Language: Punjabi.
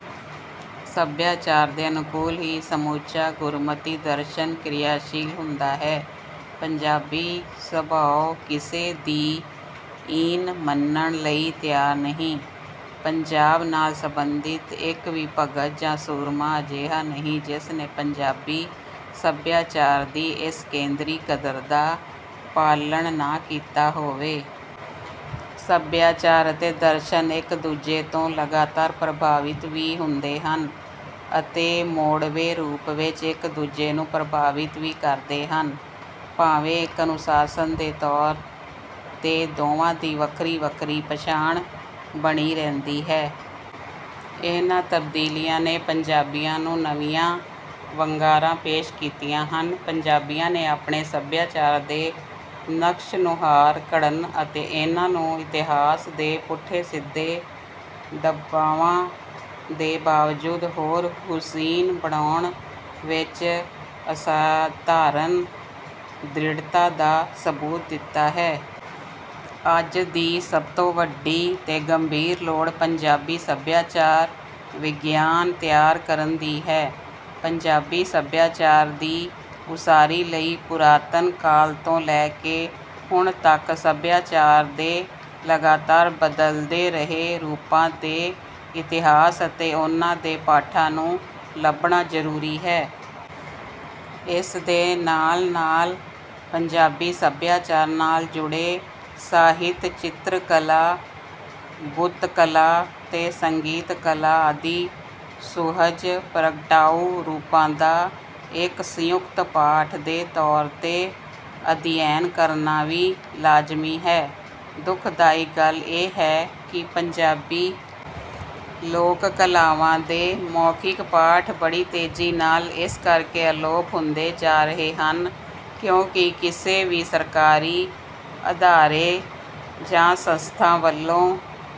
ਸੱਭਿਆਚਾਰ ਦੇ ਅਨੁਕੂਲ ਹੀ ਸਮੁੱਚਾ ਗੁਰਮਤਿ ਦਰਸ਼ਨ ਕਿਰਿਆਸ਼ੀਲ ਹੁੰਦਾ ਹੈ। ਪੰਜਾਬੀ ਸੁਭਾਅ ਕਿਸੇ ਦੀ ਈਨ ਮੰਨਣ ਲਈ ਤਿਆਰ ਨਹੀਂ। ਪੰਜਾਬ ਨਾਲ ਸੰਬੰਧਿਤ ਇੱਕ ਵੀ ਭਗਤ ਜਾਂ ਸੂਰਮਾ ਅਜਿਹਾ ਨਹੀਂ ਜਿਸ ਨੇ ਪੰਜਾਬੀ ਸੱਭਿਆਚਾਰ ਦੀ ਇਸ ਕੇਂਦਰੀ ਕਦਰ ਦਾ ਪਾਲਣ ਨਾ ਕੀਤਾ ਹੋਵੇ। ਸੱਭਿਆਚਾਰ ਅਤੇ ਦਰਸ਼ਨ ਇੱਕ-ਦੂਜੇ ਤੋਂ ਲਗਾਤਾਰ ਪ੍ਰਭਾਵਿਤ ਵੀ ਹੁੰਦੇ ਹਨ ਅਤੇ ਮੋੜਵੇਂ ਰੂਪ ਵਿੱਚ ਇੱਕ-ਦੂਜੇ ਨੂੰ ਪ੍ਰਭਾਵਿਤ ਵੀ ਕਰਦੇ ਹਨ, ਭਾਵੇਂ ਇੱਕ ਅਨੁਸ਼ਾਸਨ ਦੇ ਤੌਰ 'ਤੇ ਦੋਵਾਂ ਦੀ ਵੱਖਰੀ-ਵੱਖਰੀ ਪਛਾਣ ਬਣੀ ਰਹਿੰਦੀ ਹੈ। ਇਹਨਾਂ ਤਬਦੀਲੀਆਂ ਨੇ ਪੰਜਾਬੀਆਂ ਨੂੰ ਨਵੀਆਂ ਵੰਗਾਰਾਂ ਪੇਸ਼ ਕੀਤੀਆਂ ਹਨ। ਪੰਜਾਬੀਆਂ ਨੇ ਆਪਣੇ ਸੱਭਿਆਚਾਰ ਦੇ ਨਕਸ਼-ਨੁਹਾਰ ਘੜਨ ਅਤੇ ਇਹਨਾਂ ਨੂੰ ਇਤਿਹਾਸ ਦੇ ਪੁੱਠੇ-ਸਿੱਧੇ ਦਬਾਵਾਂ ਦੇ ਬਾਵਜੂਦ ਹੋਰ ਹੁਸੀਨ ਬਣਾਉਣ ਵਿੱਚ ਅਸਾਧਾਰਨ ਦ੍ਰਿੜਤਾ ਦਾ ਸਬੂਤ ਦਿੱਤਾ ਹੈ। ਅੱਜ ਦੀ ਸਭ ਤੋਂ ਵੱਡੀ ਤੇ ਗੰਭੀਰ ਲੋੜ ਪੰਜਾਬੀ ਸਭਿਆਚਾਰ-ਵਿਗਿਆਨ ਤਿਆਰ ਕਰਨ ਦੀ ਹੈ। ਪੰਜਾਬੀ ਸਭਿਆਚਾਰ ਦੀ ਉਸਾਰੀ ਲਈ ਪੁਰਾਤਨ ਕਾਲ ਤੋਂ ਲੈ ਕੇ ਹੁਣ ਤੱਕ ਸਭਿਆਚਾਰ ਦੇ ਲਗਾਤਾਰ ਬਦਲਦੇ ਰਹੇ ਰੂਪਾਂ ਦੇ ਇਤਿਹਾਸ ਅਤੇ ਉਹਨਾਂ ਦੇ ਪਾਠਾਂ ਨੂੰ ਲੱਭਣਾ ਜ਼ਰੂਰੀ ਹੈ। ਇਸਦੇ ਨਾਲ-ਨਾਲ ਪੰਜਾਬੀ ਸਭਿਆਚਾਰ ਨਾਲ ਜੁੜੇ ਸਾਹਿਤ, ਚਿਤਰਕਲਾ, ਬੁੱਤਕਲਾ ਤੇ ਸੰਗੀਤ-ਕਲਾ ਆਦਿ ਸੁਹਜ ਪ੍ਰਗਟਾਊ ਰੂਪਾਂ ਦਾ ਇੱਕ ਸੰਯੁਕਤ ਪਾਠ ਦੇ ਤੌਰ 'ਤੇ ਅਧਿਐਨ ਕਰਨਾ ਵੀ ਲਾਜ਼ਮੀ ਹੈ। ਦੁਖਦਾਇਕ ਗੱਲ ਇਹ ਹੈ ਕਿ ਪੰਜਾਬੀ ਲੋਕ ਕਲਾਵਾਂ ਦੇ ਮੌਖਿਕ ਪਾਠ ਬੜੀ ਤੇਜ਼ੀ ਨਾਲ ਇਸ ਕਰਕੇ ਅਲੋਪ ਹੁੰਦੇ ਜਾ ਰਹੇ ਹਨ, ਕਿਉਂਕਿ ਕਿਸੇ ਵੀ ਸਰਕਾਰੀ ਅਦਾਰੇ ਜਾਂ ਸੰਸਥਾ ਵੱਲੋਂ